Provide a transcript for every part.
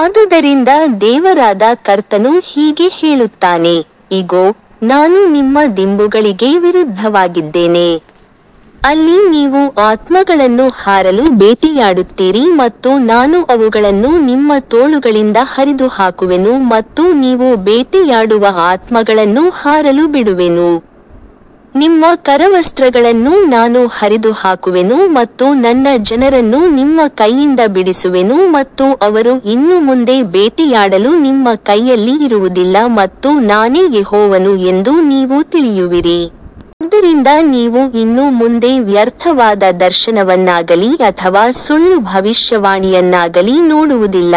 ಆದುದರಿಂದ ದೇವರಾದ ಕರ್ತನು ಹೀಗೆ ಹೇಳುತ್ತಾನೆ, ಇಗೋ, ನಾನು ನಿಮ್ಮ ದಿಂಬುಗಳಿಗೆ ವಿರುದ್ಧವಾಗಿದ್ದೇನೆ, ಅಲ್ಲಿ ನೀವು ಆತ್ಮಗಳನ್ನು ಹಾರಲು ಬೇಟೆಯಾಡುತ್ತೀರಿ ಮತ್ತು ನಾನು ಅವುಗಳನ್ನು ನಿಮ್ಮ ತೋಳುಗಳಿಂದ ಹರಿದುಹಾಕುವೆನು ಮತ್ತು ನೀವು ಬೇಟೆಯಾಡುವ ಆತ್ಮಗಳನ್ನು ಹಾರಲು ಬಿಡುವೆನು. ನಿಮ್ಮ ಕರವಸ್ತ್ರಗಳನ್ನೂ ನಾನು ಹರಿದುಹಾಕುವೆನು ಮತ್ತು ನನ್ನ ಜನರನ್ನು ನಿಮ್ಮ ಕೈಯಿಂದ ಬಿಡಿಸುವೆನು ಮತ್ತು ಅವರು ಇನ್ನು ಮುಂದೆ ಬೇಟೆಯಾಡಲು ನಿಮ್ಮ ಕೈಯಲ್ಲಿ ಇರುವುದಿಲ್ಲ ಮತ್ತು ನಾನೇ ಯೆಹೋವನು ಎಂದು ನೀವು ತಿಳಿಯುವಿರಿ. ಆದ್ದರಿಂದ ನೀವು ಇನ್ನು ಮುಂದೆ ವ್ಯರ್ಥವಾದ ದರ್ಶನವನ್ನಾಗಲಿ ಅಥವಾ ಸುಳ್ಳು ಭವಿಷ್ಯವಾಣಿಯನ್ನಾಗಲಿ ನೋಡುವುದಿಲ್ಲ,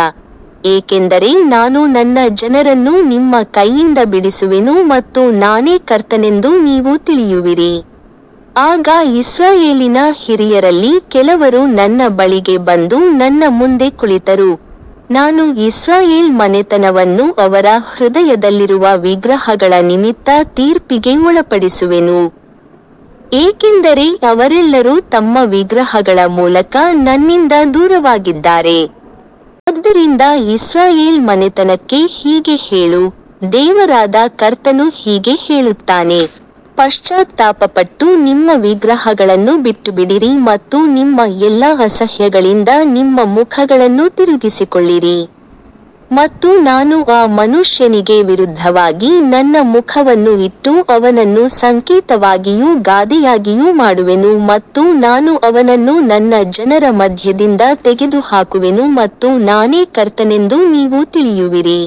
ಏಕೆಂದರೆ ನಾನು ನನ್ನ ಜನರನ್ನು ನಿಮ್ಮ ಕೈಯಿಂದ ಬಿಡಿಸುವೆನು ಮತ್ತು ನಾನೇ ಕರ್ತನೆಂದು ನೀವು ತಿಳಿಯುವಿರಿ. ಆಗ ಇಸ್ರಾಯೇಲಿನ ಹಿರಿಯರಲ್ಲಿ ಕೆಲವರು ನನ್ನ ಬಳಿಗೆ ಬಂದು ನನ್ನ ಮುಂದೆ ಕುಳಿತರು. ನಾನು ಇಸ್ರಾಯೇಲ್ ಮನೆತನವನ್ನು ಅವರ ಹೃದಯದಲ್ಲಿರುವ ವಿಗ್ರಹಗಳ ನಿಮಿತ್ತ ತೀರ್ಪಿಗೆ ಒಳಪಡಿಸುವೆನು, ಏಕೆಂದರೆ ಅವರೆಲ್ಲರೂ ತಮ್ಮ ವಿಗ್ರಹಗಳ ಮೂಲಕ ನನ್ನಿಂದ ದೂರವಾಗಿದ್ದಾರೆ. ಆದ್ದರಿಂದ ಇಸ್ರಾಯೇಲ್ ಮನೆತನಕ್ಕೆ ಹೀಗೆ ಹೇಳು, ದೇವರಾದ ಕರ್ತನು ಹೀಗೆ ಹೇಳುತ್ತಾನೆ, ಪಶ್ಚಾತ್ತಾಪಪಟ್ಟು ನಿಮ್ಮ ವಿಗ್ರಹಗಳನ್ನು ಬಿಟ್ಟುಬಿಡಿರಿ ಮತ್ತು ನಿಮ್ಮ ಎಲ್ಲಾ ಅಸಹ್ಯಗಳಿಂದ ನಿಮ್ಮ ಮುಖಗಳನ್ನು ತಿರುಗಿಸಿಕೊಳ್ಳಿರಿ. ಮತ್ತು ನಾನು ಆ ಮನುಷ್ಯನಿಗೆ ವಿರುದ್ಧವಾಗಿ ನನ್ನ ಮುಖವನ್ನು ಇಟ್ಟು ಅವನನ್ನು ಸಂಕೇತವಾಗಿಯೂ ಗಾದೆಯಾಗಿಯೂ ಮಾಡುವೆನು ಮತ್ತು ನಾನು ಅವನನ್ನು ನನ್ನ ಜನರ ಮಧ್ಯದಿಂದ ತೆಗೆದುಹಾಕುವೆನು ಮತ್ತು ನಾನೇ ಕರ್ತನೆಂದು ನೀವು ತಿಳಿಯುವಿರಿ.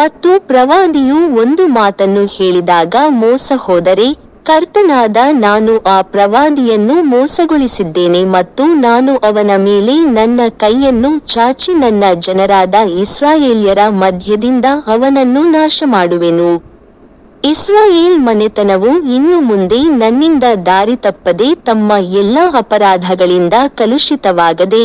ಮತ್ತು ಪ್ರವಾದಿಯು ಒಂದು ಮಾತನ್ನು ಹೇಳಿದಾಗ ಮೋಸಹೋದರೆ, ಕರ್ತನಾದ ನಾನು ಆ ಪ್ರವಾದಿಯನ್ನು ಮೋಸಗೊಳಿಸಿದ್ದೇನೆ ಮತ್ತು ನಾನು ಅವನ ಮೇಲೆ ನನ್ನ ಕೈಯನ್ನು ಚಾಚಿ ನನ್ನ ಜನರಾದ ಇಸ್ರಾಯೇಲ್ಯರ ಮಧ್ಯದಿಂದ ಅವನನ್ನು ನಾಶಮಾಡುವೆನು. ಇಸ್ರಾಯೇಲ್ ಮನೆತನವು ಇನ್ನು ಮುಂದೆ ನನ್ನಿಂದ ದಾರಿತಪ್ಪದೆ ತಮ್ಮ ಎಲ್ಲಾ ಅಪರಾಧಗಳಿಂದ ಕಲುಷಿತವಾಗದೆ,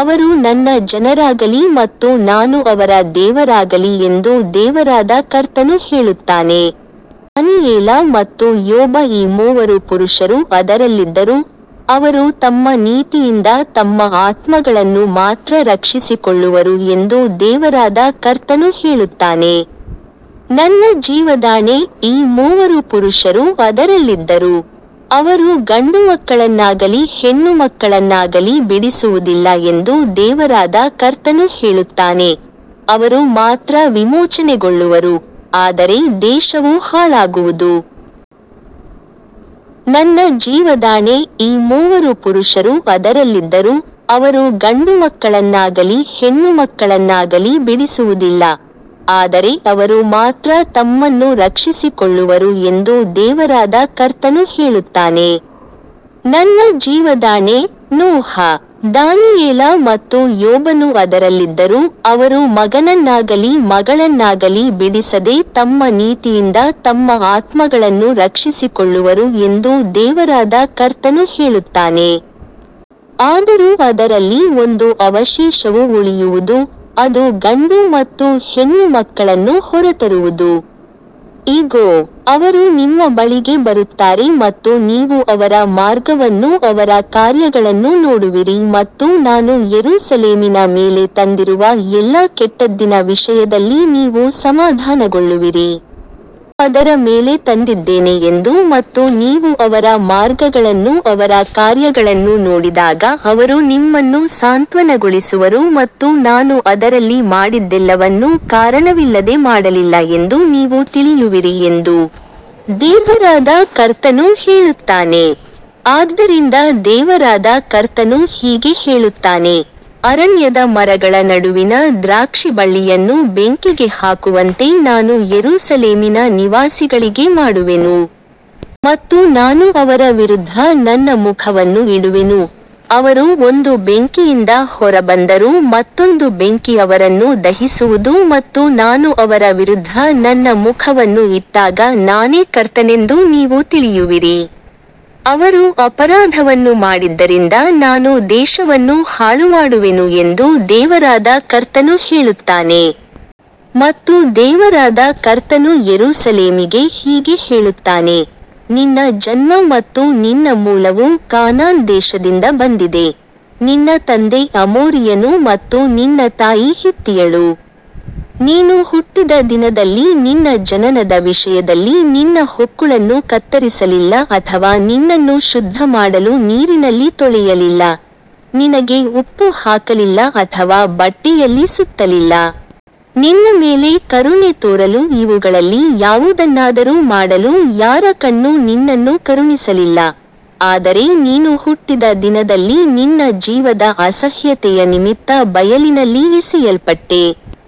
ಅವರು ನನ್ನ ಜನರಾಗಲಿ ಮತ್ತು ನಾನು ಅವರ ದೇವರಾಗಲಿ ಎಂದು ದೇವರಾದ ಕರ್ತನು ಹೇಳುತ್ತಾನೆ. ನೋಹ, ದಾನಿಯೇಲ ಮತ್ತು ಯೋಬ ಈ ಮೂವರು ಪುರುಷರು ಅದರಲ್ಲಿದ್ದರೂ, ಅವರು ತಮ್ಮ ನೀತಿಯಿಂದ ತಮ್ಮ ಆತ್ಮಗಳನ್ನು ಮಾತ್ರ ರಕ್ಷಿಸಿಕೊಳ್ಳುವರು ಎಂದು ದೇವರಾದ ಕರ್ತನು ಹೇಳುತ್ತಾನೆ. ನನ್ನ ಜೀವದಾಣೆ, ಈ ಮೂವರು ಪುರುಷರು ಅದರಲ್ಲಿದ್ದರೂ, ಅವರು ಗಂಡುಮಕ್ಕಳನ್ನಾಗಲಿ ಹೆಣ್ಣುಮಕ್ಕಳನ್ನಾಗಲಿ ಬಿಡಿಸುವುದಿಲ್ಲ ಎಂದು ದೇವರಾದ ಕರ್ತನು ಹೇಳುತ್ತಾನೆ, ಅವರು ಮಾತ್ರ ವಿಮೋಚನೆಗೊಳ್ಳುವರು, ಆದರೆ ದೇಶವು ಹಾಳಾಗುವುದು. ನನ್ನ ಜೀವದಾಣೆ, ಈ ಮೂವರು ಪುರುಷರು ಅದರಲ್ಲಿದ್ದರೂ, ಅವರು ಗಂಡುಮಕ್ಕಳನ್ನಾಗಲಿ ಹೆಣ್ಣುಮಕ್ಕಳನ್ನಾಗಲಿ ಬಿಡಿಸುವುದಿಲ್ಲ, ಆದರೆ ಅವರು ಮಾತ್ರ ತಮ್ಮನ್ನು ರಕ್ಷಿಸಿಕೊಳ್ಳುವರು ಎಂದು ದೇವರಾದ ಕರ್ತನು ಹೇಳುತ್ತಾನೆ. ನನ್ನ ಜೀವದಾಣೆ, ನೋಹ, ದಾನಿಯೇಲ ಮತ್ತು ಯೋಬನು ಅದರಲ್ಲಿದ್ದರೂ, ಅವರು ಮಗನನ್ನಾಗಲಿ ಮಗಳನ್ನಾಗಲಿ ಬಿಡಿಸದೆ ತಮ್ಮ ನೀತಿಯಿಂದ ತಮ್ಮ ಆತ್ಮಗಳನ್ನು ರಕ್ಷಿಸಿಕೊಳ್ಳುವರು ಎಂದು ದೇವರಾದ ಕರ್ತನು ಹೇಳುತ್ತಾನೆ. ಆದರೂ ಅದರಲ್ಲಿ ಒಂದು ಅವಶೇಷವು ಉಳಿಯುವುದು, ಅದು ಗಂಡು ಮತ್ತು ಹೆಣ್ಣು ಮಕ್ಕಳನ್ನು ಹೊರತರುವುದು. ಇಗೋ, ಅವರು ನಿಮ್ಮ ಬಳಿಗೆ ಬರುತ್ತಾರೆ ಮತ್ತು ನೀವು ಅವರ ಮಾರ್ಗವನ್ನೂ ಅವರ ಕಾರ್ಯಗಳನ್ನೂ ನೋಡುವಿರಿ ಮತ್ತು ನಾನು ಯೆರೂಸಲೇಮಿನ ಮೇಲೆ ತಂದಿರುವ ಎಲ್ಲಾ ಕೆಟ್ಟದ್ದಿನ ವಿಷಯದಲ್ಲಿ ನೀವು ಸಮಾಧಾನಗೊಳ್ಳುವಿರಿ. ನಾನು ಅದರ ಮೇಲೆ ತಂದಿದ್ದೇನೆ ಎಂದು ಮತ್ತು ನೀವು ಅವರ ಮಾರ್ಗಗಳನ್ನೂ ಅವರ ಕಾರ್ಯಗಳನ್ನೂ ನೋಡಿದಾಗ ಅವರು ನಿಮ್ಮನ್ನು ಸಾಂತ್ವನಗೊಳಿಸುವರು ಮತ್ತು ನಾನು ಅದರಲ್ಲಿ ಮಾಡಿದ್ದೆಲ್ಲವನ್ನೂ ಕಾರಣವಿಲ್ಲದೆ ಮಾಡಲಿಲ್ಲ ಎಂದು ನೀವು ತಿಳಿಯುವಿರಿ ಎಂದು ದೇವರಾದ ಕರ್ತನು ಹೇಳುತ್ತಾನೆ. ಆದ್ದರಿಂದ ದೇವರಾದ ಕರ್ತನು ಹೀಗೆ ಹೇಳುತ್ತಾನೆ, ಅರಣ್ಯದ ಮರಗಳ ನಡುವಿನ ದ್ರಾಕ್ಷಿಬಳ್ಳಿಯನ್ನು ಬೆಂಕಿಗೆ ಹಾಕುವಂತೆ ನಾನು ಯೆರೂಸಲೇಮಿನ ನಿವಾಸಿಗಳಿಗೆ ಮಾಡುವೆನು. ಮತ್ತು ನಾನು ಅವರ ವಿರುದ್ಧ ನನ್ನ ಮುಖವನ್ನು ಇಡುವೆನು, ಅವರು ಒಂದು ಬೆಂಕಿಯಿಂದ ಹೊರಬಂದರೂ ಮತ್ತೊಂದು ಬೆಂಕಿ ಅವರನ್ನು ದಹಿಸುವುದು ಮತ್ತು ನಾನು ಅವರ ವಿರುದ್ಧ ನನ್ನ ಮುಖವನ್ನು ಇಟ್ಟಾಗ ನಾನೇ ಕರ್ತನೆಂದು ನೀವು ತಿಳಿಯುವಿರಿ. ಅವರು ಅಪರಾಧವನ್ನು ಮಾಡಿದ್ದರಿಂದ ನಾನು ದೇಶವನ್ನು ಹಾಳುಮಾಡುವೆನು ಎಂದು ದೇವರಾದ ಕರ್ತನು ಹೇಳುತ್ತಾನೆ. ಮತ್ತು ದೇವರಾದ ಕರ್ತನು ಯೆರೂಸಲೇಮಿಗೆ ಹೀಗೆ ಹೇಳುತ್ತಾನೆ, ನಿನ್ನ ಜನ್ಮ ಮತ್ತು ನಿನ್ನ ಮೂಲವು ಕಾನಾನ್ ದೇಶದಿಂದ ಬಂದಿದೆ, ನಿನ್ನ ತಂದೆ ಅಮೋರಿಯನು ಮತ್ತು ನಿನ್ನ ತಾಯಿ ಹಿತ್ತಿಯಳು. ನೀನು ಹುಟ್ಟಿದ ದಿನದಲ್ಲಿ ನಿನ್ನ ಜನನದ ವಿಷಯದಲ್ಲಿ ನಿನ್ನ ಹೊಕ್ಕುಳನ್ನು ಕತ್ತರಿಸಲಿಲ್ಲ ಅಥವಾ ನಿನ್ನನ್ನು ಶುದ್ಧಮಾಡಲು ನೀರಿನಲ್ಲಿ ತೊಳೆಯಲಿಲ್ಲ, ನಿನಗೆ ಉಪ್ಪು ಹಾಕಲಿಲ್ಲ ಅಥವಾ ಬಟ್ಟೆಯಲ್ಲಿ ಸುತ್ತಲಿಲ್ಲ. ನಿನ್ನ ಮೇಲೆ ಕರುಣೆ ತೋರಲು ಇವುಗಳಲ್ಲಿ ಯಾವುದನ್ನಾದರೂ ಮಾಡಲು ಯಾರ ಕಣ್ಣೂ ನಿನ್ನನ್ನು ಕರುಣಿಸಲಿಲ್ಲ, ಆದರೆ ನೀನು ಹುಟ್ಟಿದ ದಿನದಲ್ಲಿ ನಿನ್ನ ಜೀವದ ಅಸಹ್ಯತೆಯ ನಿಮಿತ್ತ ಬಯಲಿನಲ್ಲಿ ಎಸೆಯಲ್ಪಟ್ಟೆ.